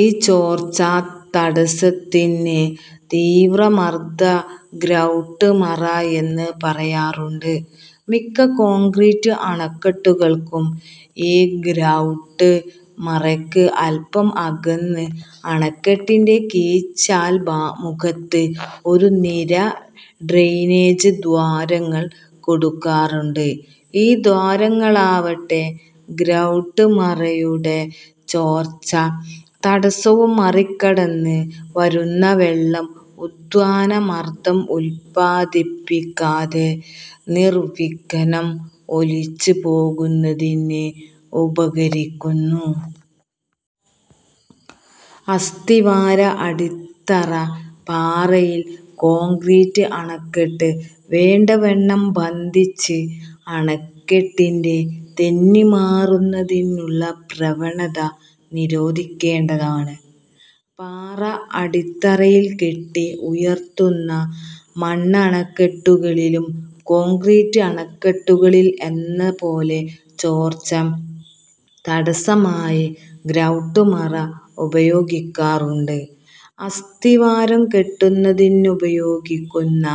ഈ ചോർച്ച-തടസ്സത്തിന് 'തീവ്രമർദഗ്രൌട്ട്മറ' എന്നു പറയാറുണ്ട്. മിക്ക കോൺക്രീറ്റ് അണക്കെട്ടുകൾക്കും ഈ ഗ്രൌട്ട്-മറയ്ക്ക് അല്പം അകന്ന് അണക്കെട്ടിന്റെ കീഴ്ചാൽ മുഖത്ത് ഒരു നിര ഡ്രെയിനേജ് ദ്വാരങ്ങൾ കൊടുക്കാറുണ്ട്. ഈ ദ്വാരങ്ങളാവട്ടെ ഗ്രൌട്ട്-മറയുടെ ചോർച്ച-തടസ്സവും മറികടന്നു വരുന്ന വെള്ളം ഉത്ഥാന മർദ്ദം ഉത്പാദിപ്പിക്കാതെ നിർവിഘ്നം ഒലിച്ചു പോകുന്നതിന് ഉപകരിക്കുന്നു. അസ്ഥിവാര-അടിത്തറ പാറയിൽ കോൺക്രീറ്റ് അണക്കെട്ട് വേണ്ടവണ്ണം ബന്ധിച്ച് അണക്കെട്ടിന്റെ 'തെന്നിമാറുന്നതിനുള്ള പ്രവണത' നിരോധിക്കേണ്ടതാണ്. പാറ അടിത്തറയിൽ കെട്ടി ഉയർത്തുന്ന മണ്ണണക്കെട്ടുകളിലും കോൺക്രീറ്റ് അണക്കെട്ടുകളിൽ എന്നപോലെ ചോർച്ച-തടസ്സമായി ഗ്രൌട്ടു-മറ ഉപയോഗിക്കാറുണ്ട്. അസ്ഥിവാരം കെട്ടുന്നതിനുപയോഗിക്കുന്ന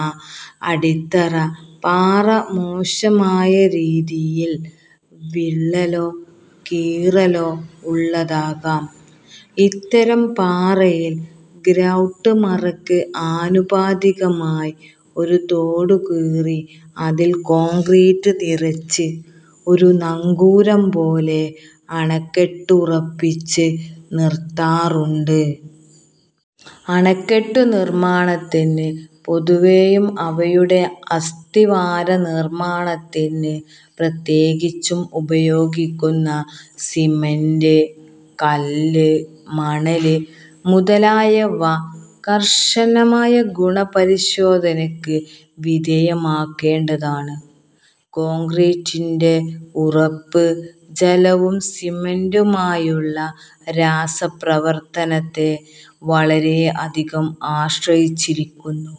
അടിത്തറ പാറ മോശമായ രീതിയിൽ വിള്ളലോ കീറലോ ഉള്ളതാകാം. ഇത്തരം പാറയിൽ ഗ്രൌട്ട്-മറയ്ക്ക് ആനുപാതികമായി ഒരു തോടു കീറി അതിൽ കോൺക്രീറ്റ് നിറച്ച് ഒരു നങ്കൂരം പോലെ അണക്കെട്ടുറപ്പിച്ചു നിർത്താറുണ്ട്. അണക്കെട്ടു നിർമ്മാണത്തിന് പൊതുവെയും അവയുടെ അസ്ഥിവാര നിർമ്മാണത്തിന് പ്രത്യേകിച്ചും ഉപയോഗിക്കുന്ന സിമന്റ്, കല്ല്, മണല് മുതലായവ കർശനമായ ഗുണ പരിശോധനയ്ക്ക് വിധേയമാക്കേണ്ടതാണ്. കോൺക്രീറ്റിന്റെ ഉറപ്പ് ജലവും സിമന്റുമായുള്ള രാസ പ്രവർത്തനത്തെ വളരെ അധികം ആശ്രയിച്ചിരിക്കുന്നു.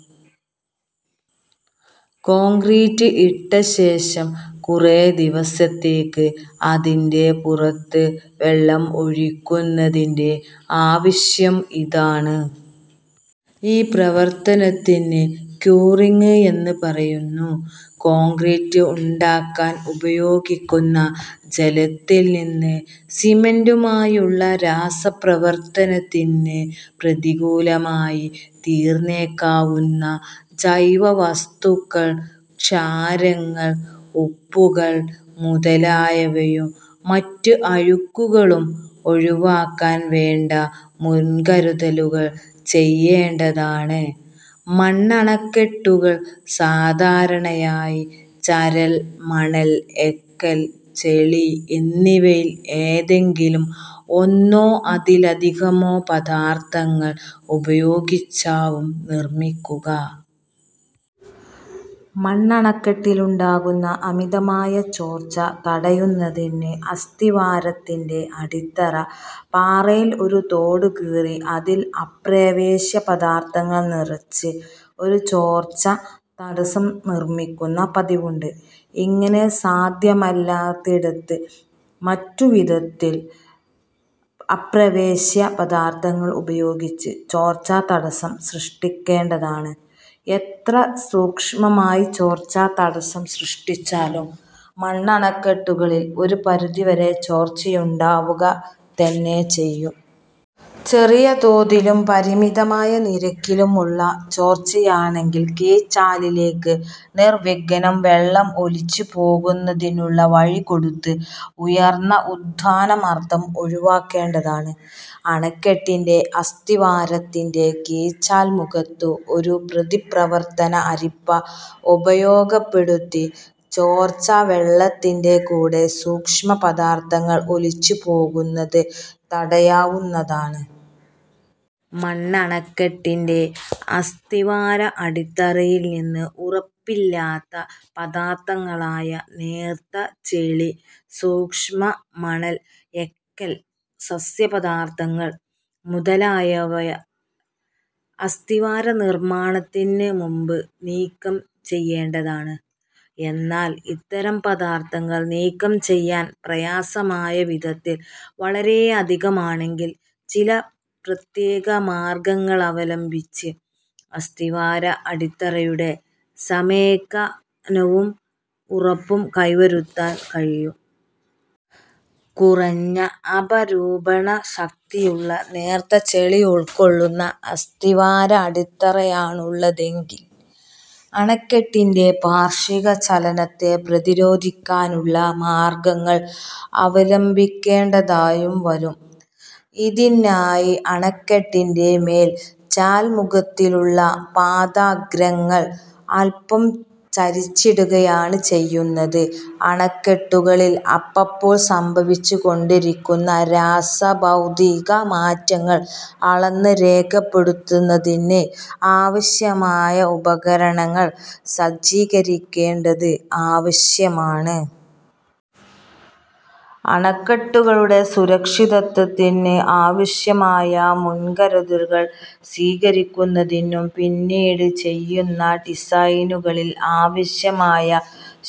കോൺക്രീറ്റ് ഇട്ട ശേഷം കുറേ ദിവസത്തേക്ക് അതിന്റെ പുറത്ത് വെള്ളം ഒഴിയ്ക്കുന്നതിന്റെ ആവശ്യം ഇതാണ്. ഈ പ്രവർത്തനത്തിന് ക്യൂറിങ്ങ് എന്നു പറയുന്നു. കോൺക്രീറ്റ് ഉണ്ടാക്കാൻ ഉപയോഗിക്കുന്ന ജലത്തിൽ നിന്ന് സിമന്റുമായുള്ള രാസ പ്രവർത്തനത്തിന് പ്രതികൂലമായി തീർന്നേക്കാവുന്ന ജൈവ വസ്തുക്കൾ, ക്ഷാരങ്ങൾ, ഉപ്പുകൾ മുതലായവയും മറ്റ് അഴുക്കുകളും ഒഴിവാക്കാൻ വേണ്ട മുൻകരുതലുകൾ ചെയ്യേണ്ടതാണ്. മണ്ണണക്കെട്ടുകൾ സാധാരണയായി ചരൽ, മണൽ, എക്കൽ, ചെളി എന്നിവയിൽ ഏതെങ്കിലും ഒന്നോ ഒന്നിലധികമൊ പദാർഥങ്ങൾ ഉപയോഗിച്ചാവും നിർമ്മിക്കുക. മണ്ണണക്കെട്ടിലുണ്ടാകാവുന്ന അമിതമായ ചോർച്ച തടയുന്നതിന് അസ്ഥിവാരത്തിന്റെ അടിത്തറ പാറയിൽ ഒരു തോടു കീറി അതിൽ അപ്രവേശ്യ പദാർഥങ്ങൾ നിറച്ച് ഒരു ചോർച്ച തടസ്സം നിർമ്മിക്കുന്ന പതിവുണ്ട്. ഇങ്ങനെ സാധ്യമല്ലാത്തിടത്ത് മറ്റു വിധത്തിൽ അപ്രവേശ്യ പദാർഥങ്ങൾ ഉപയോഗിച്ച് ചോർച്ച തടസ്സം സൃഷ്ടിക്കേണ്ടതാണ്. എത്ര സൂക്ഷ്മമായി ചോർച്ച-തടസ്സം സൃഷ്ടിച്ചാലും മണ്ണണക്കെട്ടുകളിൽ ഒരു പരിധി വരെ ചോർച്ചയുണ്ടാവുക തന്നെ ചെയ്യും. ചെറിയ തോതിലും പരിമിതമായ നിരക്കിലും ഉള്ള ചോർച്ചയാണെങ്കിൽ കീഴ്ചാലിലേക്കു നിർവിഘ്നം വെള്ളം ഒലിച്ചു പോകുന്നതിനുള്ള വഴി കൊടുത്ത് ഉയർന്ന ഉത്ഥാന മർദ്ദം ഒഴിവാക്കേണ്ടതാണ്. അണക്കെട്ടിന്റെ അസ്ഥിവാരത്തിന്റെ കീഴ്ചാൽ മുഖത്ത് ഒരു പ്രതിപ്രവർത്തന അരിപ്പ ഉപയോഗപ്പെടുത്തി ചോർച്ച വെള്ളത്തിന്റെ കൂടെ സൂക്ഷ്മ പദാർഥങ്ങൾ ഒലിച്ചു പോകുന്നത് തടയാവുന്നതാണ്. മണ്ണണക്കെട്ടിന്റെ അസ്ഥിവാര അടിത്തറയിൽ നിന്ന് ഉറപ്പില്ലാത്ത പദാർഥങ്ങളായ നേർത്ത ചെളി, സൂക്ഷ്മ മണൽ, എക്കൽ, സസ്യ പദാർഥങ്ങൾ മുതലായവ അസ്ഥിവാര നിർമ്മാണത്തിനു മുൻപ് നീക്കം ചെയ്യേണ്ടതാണ്. എന്നാൽ ഇത്തരം പദാർഥങ്ങൾ നീക്കം ചെയ്യാൻ പ്രയാസമായ വിധത്തിൽ വളരെ അധികമാണെങ്കിൽ, ചില പ്രത്യേക മാർഗ്ഗങ്ങളവലംബിച്ച് അസ്ഥിവാര-അടിത്തറയുടെ സമേകനവും ഉറപ്പും കൈവരുത്താൻ കഴിയും. കുറഞ്ഞ അപരൂപണ ശക്തിയുള്ള നേർത്ത ചെളിയുൾക്കൊള്ളുന്ന അസ്ഥിവാര-അടിത്തറയാണുള്ളതെങ്കിൽ അണക്കെട്ടിന്റെ പാർശ്വിക ചലനത്തെ പ്രതിരോധിക്കാനുള്ള മാർഗ്ഗങ്ങൾ അവലംബിക്കേണ്ടതായും വരും. ഇതിനായി അണക്കെട്ടിന്റെ മേൽ ചാൽമുഖത്തിലുള്ള പാദാഗ്രങ്ങൾ അല്പം ചരിച്ചിടുകയുമാണ് ചെയ്യുന്നത്. അണക്കെട്ടുകളിൽ അപ്പഴപ്പോൾ സംഭവിച്ചു കൊണ്ടിരിക്കുന്ന രാസഭൌതിക മാറ്റങ്ങൾ അളന്ന് രേഖപ്പെടുത്തുന്നതിന് ആവശ്യമായ ഉപകരണങ്ങൾ സജ്ജീകരിക്കേണ്ടത് ആവശ്യമാണ്. അണക്കെട്ടുകളുടെ സുരക്ഷിതത്വത്തിന് ആവശ്യമായ മുൻകരുതലുകൾ സ്വീകരിക്കുന്നതിനും, പിന്നീട് ചെയ്യുന്ന ഡിസൈനുകളിൽ ആവശ്യമായ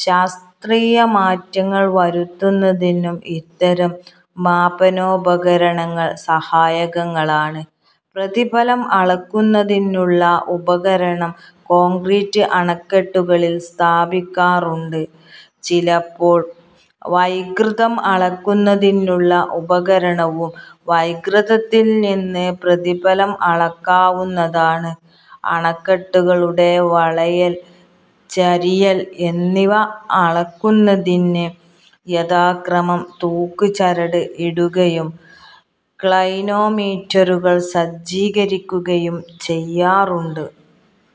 ശാസ്ത്രീയ മാറ്റങ്ങൾ വരുത്തുന്നതിനും ഇത്തരം മാപനോപകരണങ്ങൾ സഹായകങ്ങളാണ്. പ്രതിബലം അളക്കുന്നതിനുള്ള ഉപകരണം കോൺക്രീറ്റ് അണക്കെട്ടുകളിൽ സ്ഥാപിക്കാറുണ്ട്. ചിലപ്പോൾ വൈകൃതം അളക്കുന്നതിനുള്ള ഉപകരണവും; വൈകൃതത്തിൽ നിന്ന് പ്രതിബലം കണക്കാക്കാവുന്നതാണ്. അണക്കെട്ടുകളുടെ വളയൽ, ചരിയൽ എന്നിവ അളക്കുന്നതിന് യഥാക്രമം തൂക്ക്ചരട് ഇടുകയും ക്ളൈനോ മീറ്ററുകൾ സജ്ജീകരിക്കുകയും ചെയ്യാറുണ്ട്.